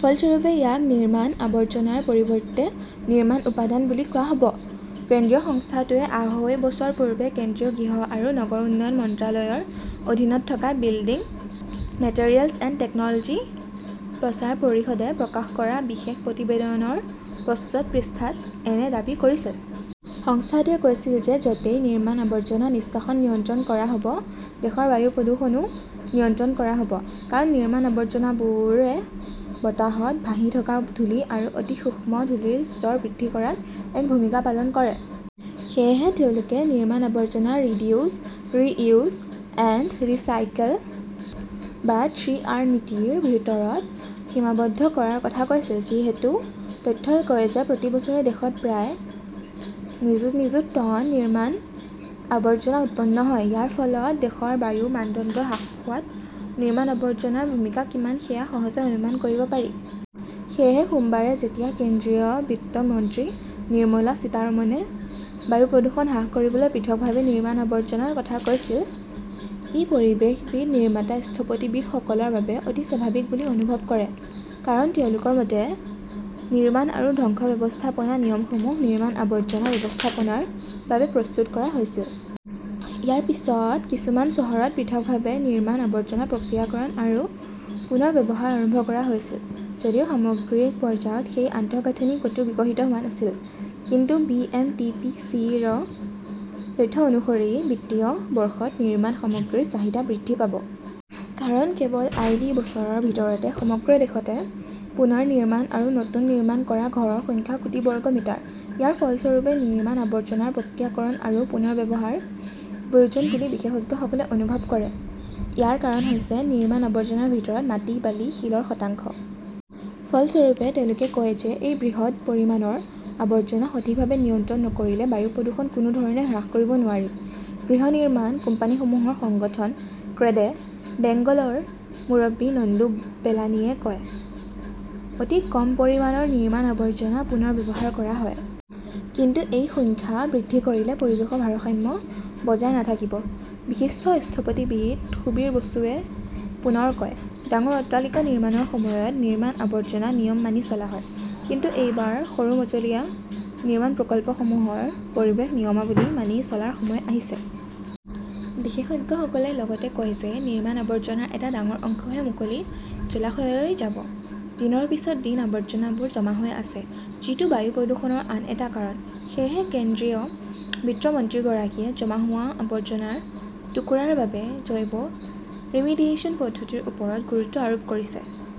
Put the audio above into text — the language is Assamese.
ফলস্বৰূপে, ইয়াক নিৰ্মাণ-আৱৰ্জনাৰ পৰিৱৰ্তে নিৰ্মাণ-উপাদান বুলি কোৱা হ'ব। কেন্দ্ৰীয় সংস্থাটোৱে আঢ়ৈ বছৰ পূৰ্বে কেন্দ্ৰীয় গৃহ আৰু নগৰ উন্নয়ন মন্ত্ৰালয়ৰ অধীনত থকা বিল্ডিং মেটেৰিয়েলছ এণ্ড টেকন'লজি প্ৰচাৰ পৰিষদে প্ৰকাশ কৰা বিশেষ প্ৰতিবেদনৰ প্ৰচ্ছদ পৃষ্ঠাত এনে দাবী কৰিছিল। সংস্থাটোৱে কৈছিল যে য'তেই নিৰ্মাণ-আৱৰ্জনা নিষ্কাশন নিয়ন্ত্ৰণ কৰা হ'ব, দেশৰ বায়ু প্ৰদূষণও নিয়ন্ত্ৰণ কৰা হ'ব। কাৰণ, নিৰ্মাণ আৱৰ্জনাবোৰে বতাহত ভাহি থকা ধূলি আৰু অতি সূক্ষ্ম ধূলিৰ স্তৰ বৃদ্ধি কৰাত এক ভূমিকা পালন কৰে। সেয়েহে তেওঁলোকে নিৰ্মাণ-আৱৰ্জনা ৰিডিউছ, ৰি-ইউজ এণ্ড ৰাইচিকেল বা থ্ৰী আৰ নীতিৰ ভিতৰত সীমাবদ্ধ কৰাৰ কথা কৈছিল। যিহেতু তথ্যই কয় যে প্ৰতি বছৰে দেশত প্ৰায় নিযুত নিযুত টন নিৰ্মাণ-আৱৰ্জনা উৎপন্ন হয়। ইয়াৰ ফলত দেশৰ বায়ুৰ মানদণ্ড হ্ৰাস হোৱাত নিৰ্মাণ-আৱৰ্জনাৰ ভূমিকা কিমান সেয়া সহজে অনুমান কৰিব পাৰি। সেয়েহে সোমবাৰে যেতিয়া কেন্দ্ৰীয় বিত্ত মন্ত্ৰী নিৰ্মলা সীতাৰমণে বায়ু প্ৰদূষণ হ্ৰাস কৰিবলৈ পৃথকভাৱে নিৰ্মাণ-আৱৰ্জনাৰ কথা কৈছিল, ই পৰিৱেশবিদ-নিৰ্মাতা-স্থপতিবিদসকলৰ বাবে অতি স্বাভাৱিক বুলি অনুভৱ কৰে। কাৰণ তেওঁলোকৰ মতে, নিৰ্মাণ আৰু ধ্বংস ব্যৱস্থাপনা নিয়মসমূহ, নিৰ্মাণ-আৱৰ্জনা ব্যৱস্থাপনাৰ বাবে প্ৰস্তুত কৰা হৈছিল। ইয়াৰ পিছত কিছুমান চহৰত পৃথকভাৱে নিৰ্মাণ আৱৰ্জনা প্ৰক্ৰিয়াকৰণ আৰু পুনৰ্ব্যৱহাৰ আৰম্ভ কৰা হৈছিল যদিও সামগ্ৰিক পৰ্যায়ত সেই আন্তঃগাঁথনি ক'তো বিকশিত হোৱা নাছিল। কিন্তু B. M. T. P. C. -ৰ তথ্য অনুসৰি বিত্তীয় বৰ্ষত নিৰ্মাণ সামগ্ৰীৰ চাহিদা বৃদ্ধি পাব। কাৰণ, কেৱল আই. ডি. বছৰৰ ভিতৰতে সমগ্ৰ দেশতে পুনৰ নিৰ্মাণ আৰু নতুন নিৰ্মাণ কৰা ঘৰৰ সংখ্যা কোটি বৰ্গ মিটাৰ! ইয়াৰ ফলস্বৰূপে নিৰ্মাণ আৱৰ্জনাৰ প্ৰক্ৰিয়াকৰণ আৰু পুনৰ্ব্যৱহাৰৰ প্ৰয়োজন বুলি বিশেষজ্ঞসকলে অনুভৱ কৰে। ইয়াৰ কাৰণ হৈছে নিৰ্মাণ-আৱৰ্জনাৰ ভিতৰত মাটি, বালি, শিলৰ শতাংশ। ফলস্বৰূপে, তেওঁলোকে কয় যে এই বৃহৎ পৰিমাণৰ আৱৰ্জনা সঠিকভাৱে নিয়ন্ত্ৰণ নকৰিলে বায়ু প্ৰদূষণ কোনো ধৰণে হ্ৰাস কৰিব নোৱাৰি। গৃহ নিৰ্মাণ কোম্পানীসমূহৰ সংগঠন ক্ৰেডে বেংগলৰ মুৰব্বী নন্দু বেলানীয়ে কয়, অতি কম পৰিমাণৰ নিৰ্মাণ-আৱৰ্জনা পুনৰ ব্যৱহাৰ কৰা হয়। কিন্তু এই সংখ্যা বৃদ্ধি কৰিলে পৰিৱেশৰ ভাৰসাম্য বজাই নাথাকিব। বিশিষ্ট স্থপতিবিদ সুবীৰ বসুৱে পুনৰ কয়, ডাঙৰ অট্টালিকা নিৰ্মাণৰ সময়ত নিৰ্মাণ-আৱৰ্জনা নিয়ম মানি চলা হয়। কিন্তু এইবাৰ সৰু-মজলীয়া নিৰ্মাণ প্ৰকল্পসমূহৰ পৰিৱেশ নিয়মাৱলী মানি চলাৰ সময় আহিছে। বিশেষজ্ঞসকলে লগতে কয় যে নিৰ্মাণ-আৱৰ্জনাৰ এটা ডাঙৰ অংশহে মুকলি জলাশয়লৈ যায়। দিনৰ পিছত দিন আৱৰ্জনাবোৰ জমা হৈ আছে। যিটো বায়ু প্ৰদূষণৰ আন এটা কাৰণ। সেয়েহে কেন্দ্ৰীয় বিত্ত মন্ত্ৰীগৰাকীয়ে জমা হোৱা আৱৰ্জনাৰ টুকুৰা ৰ বাবে জৈৱ-ৰিমিডিয়েচন পদ্ধতিৰ ওপৰত গুৰুত্ব আৰোপ কৰিছে।